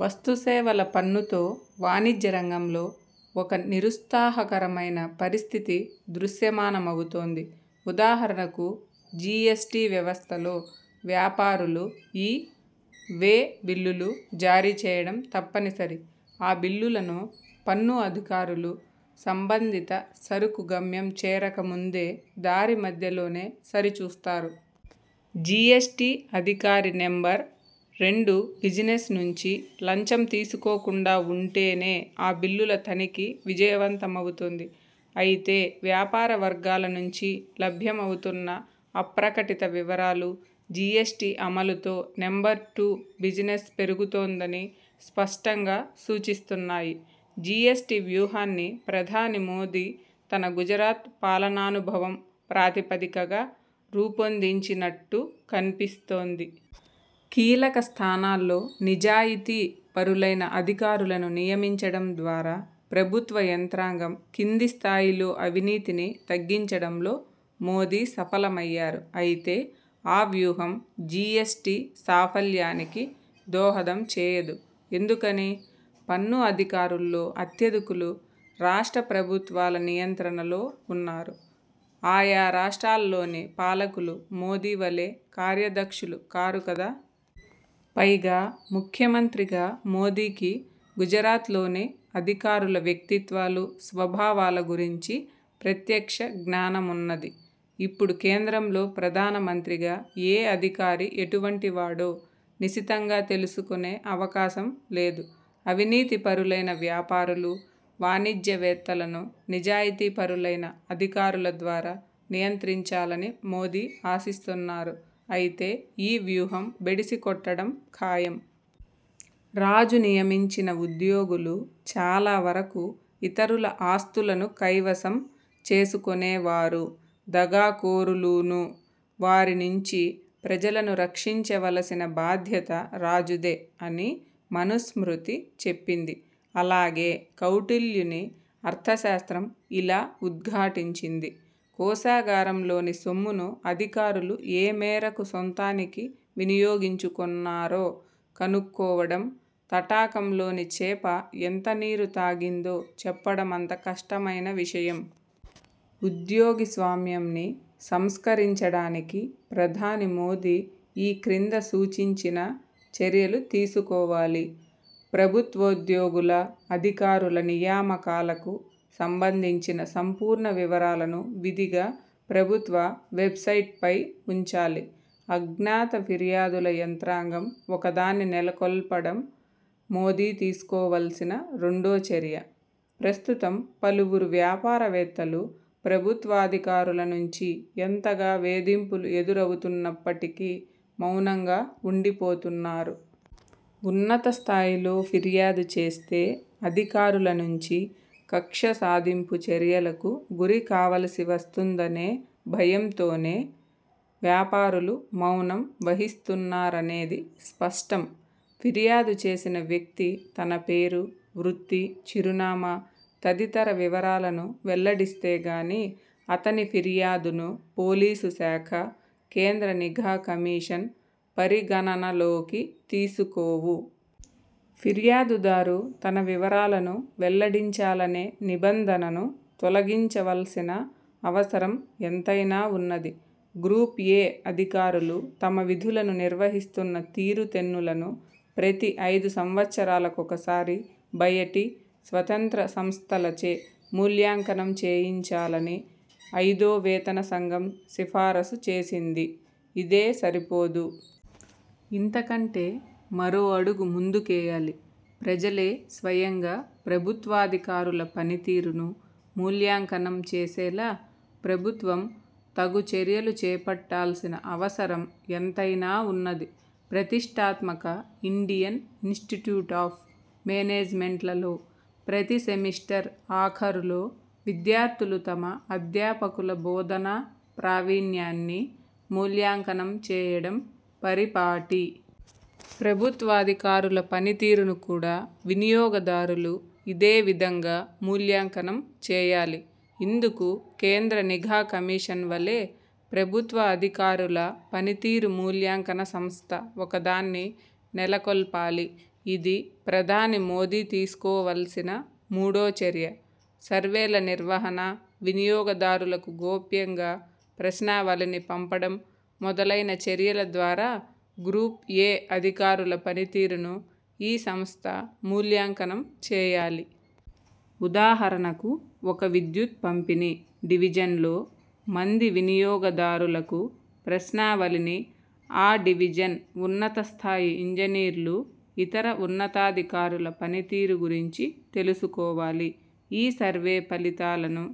వస్తు సేవల పన్ను తో వాణిజ్య రంగంలో ఒక నిరుత్సాహకరమైన పరిస్థితి దృశ్యమానమవుతోంది. ఉదాహరణకు జీఎస్టీ వ్యవస్థలో వ్యాపారులు ఈ, వే బిల్లులు జారీ చేయడం తప్పనిసరి. ఆ బిల్లులను పన్ను అధికారులు సంబంధిత సరుకు గమ్యం చేరక ముందే దారి మధ్యలోనే సరి చూస్తారు. జీఎస్టీ అధికారి నెంబర్ రెండు బిజినెస్ నుంచి లంచం తీసుకోకుండా వుంటేనే ఆ బిల్లుల తనిఖీ విజయవంతమవుతుంది. అయితే వ్యాపార వర్గాల నుంచి లభ్యమవుతోన్న అప్రకటిత వివరాలు, జీఎస్టీ అమలుతో నెంబర్ టు బిజినెస్ పెరుగుతోందని స్పష్టంగా సూచిస్తున్నాయి. జీఎస్టీ వ్యూహాన్ని ప్రధాని మోదీ తన గుజరాత్ పాలనానుభవం ప్రాతిపదికగా రూపొందించినట్టు కన్పిస్తోంది. కీలక స్థానాల్లో నిజాయితీపరులైన అధికారులను నియమించడం ద్వారా ప్రభుత్వ యంత్రాంగం కింది స్థాయిలో అవినీతిని తగ్గించడంలో మోదీ సఫలమయ్యారు. అయితే ఆ వ్యూహం జీఎస్టీ సాఫల్యానికి దోహదం చేయదు. ఎందుకని? పన్ను అధికారుల్లో అత్యధికులు రాష్ట్ర ప్రభుత్వాల నియంత్రణలో వున్నారు. ఆయా రాష్ట్రాల్లోని పాలకులు మోదీ వలే కార్యదక్షులు కారు కదా. పైగా ముఖ్యమంత్రిగా మోదీకి గుజరాత్లోని అధికారుల వ్యక్తిత్వాలు, స్వభావాల గురించి ప్రత్యక్ష జ్ఞానమున్నది. ఇప్పుడు కేంద్రంలో ప్రధానమంత్రిగా ఏ అధికారి ఎటువంటి వాడో నిశితంగా తెలుసుకొనే అవకాశం లేదు. అవినీతిపరులైన వ్యాపారులు, వాణిజ్యవేత్తలను నిజాయితీపరులైన అధికారుల ద్వారా నియంత్రించాలని మోదీ ఆశిస్తున్నారు. అయితే ఈ వ్యూహం బెడిసి కొట్టడం ఖాయం. 'రాజు నియమించిన ఉద్యోగులు చాలావరకు ఇతరుల ఆస్తులను కైవశం చేసుకొనేవారూ, దగా కోరులూనూ వారి నుంచి ప్రజలను రక్షించవలసిన బాధ్యత రాజుదే' అని మనుస్మృతి చెప్పింది. అలాగే కౌటిల్యుని 'అర్థశాస్త్రం' ఇలా ఉద్ఘాటించింది 'కోశాగారంలోని సొమ్మును అధికారులు ఏ మేరకు సొంతానికి వినియోగించుకున్నారో కనుక్కోవడం, తటాకంలోని చేప ఎంత నీరు తాగిందో చెప్పడమంత కష్టమైన విషయం'. ఉద్యోగి స్వామ్యంని సంస్కరించడానికి ప్రధాని మోదీ ఈ క్రింద సూచించిన చర్యలు తీసుకోవాలి. ప్రభుత్వోద్యోగుల, అధికారుల నియామకాలకు సంబంధించిన సంపూర్ణ వివరాలను విధిగా ప్రభుత్వ వెబ్సైట్పై వుంచాలి. అజ్ఞాత ఫిర్యాదుల యంత్రాంగం ఒకదాన్ని నెలకొల్పడం మోదీ తీసుకోవల్సిన రెండో చర్య. ప్రస్తుతం పలువురు వ్యాపార వేత్తలు ప్రభుత్వాధికారుల నుంచి ఎంతగా వేధింపులు ఎదురవుతున్నప్పటికీ మౌనంగా వుండిపోతున్నారు. ఉన్నత స్థాయిలో ఫిర్యాదు చేస్తే అధికారుల నుంచి కక్ష సాధింపు చర్యలకు గురి కావలసివస్తుందనే భయంతోనే వ్యాపారులు మౌనం వహిస్తున్నారనేది స్పష్టం. ఫిర్యాదు చేసిన వ్యక్తి తన పేరు, వృత్తి, చిరునామా తదితర వివరాలను వెల్లడిస్తే గానీ అతని ఫిర్యాదును పోలీసు శాఖ, కేంద్ర నిఘా కమిషన్ పరిగణనలోకి తీసుకోవు. ఫిర్యాదు దారు తన వివరాలను వెల్లడించాలనే నిబంధనను తొలగించవల్సిన అవసరం ఎంతైనా వున్నది. గ్రూప్ 'ఏ' అధికారులు తమ విధులను నిర్వహిస్తున్న తీరు తెన్నులను ప్రతి ఐదు సంవత్సరాలకొకసారి బయటి, స్వతంత్ర సంస్థలచే మూల్యాంకనం చేయించాలని ఐదో వేతన సంఘం సిఫారసు చేసింది. ఇదే సరిపోదు. ఇంతకంటే మరో అడుగు ముందుకేయాలి. ప్రజలే స్వయంగా ప్రభుత్వాధికారుల పని తీరును మూల్యాంకంనం చేసేలా ప్రభుత్వం తగు చర్యలు చేపట్టాల్సిన అవసరం ఎంతైనా వున్నది. ప్రతిష్ఠాత్మక ఇండియన్ ఇన్స్టిట్యూట్ ఆఫ్ మేనేజ్మెంట్ లలో ప్రతి సెమిస్టర్ ఆఖరులో విద్యార్థులు తమ అధ్యాపకుల బోధనా ప్రావీణ్యాన్ని మూల్యాంకనం చేయడం పరిపాటి. ప్రభుత్వాధికారుల పనితీరును కూడా వినియోగదారులు ఇదే విధంగా మూల్యాంకనం చేయాలి. ఇందుకు కేంద్ర నిఘా కమిషన్ వలే 'ప్రభుత్వ అధికారుల పనితీరు మూల్యాంకన సంస్థ' ఒకదాన్ని నెలకొల్పాలి. ఇది, ప్రధాని మోదీ తీసుకోవల్సిన మూడో చర్య. సర్వేల నిర్వహణ, వినియోగదారులకు గోప్యంగా ప్రశ్నావళిని పంపడం మొదలైన చర్యల ద్వారా గ్రూప్ 'ఏ' అధికారుల పని తీరును ఈ సంస్థ మూల్యాంకనం చేయాలి. ఉదాహరణకు ఒక విద్యుత్ పంపిణీ డివిజన్లో మంది వినియోగదారులకు ప్రశ్నావళిని ఆ డివిజన్ ఉన్నతస్థాయి ఇంజనీర్లు, ఇతర ఉన్నతాధికారుల పనితీరు గురించి తెలుసుకోవాలి. ఈ సర్వే ఫలితాలను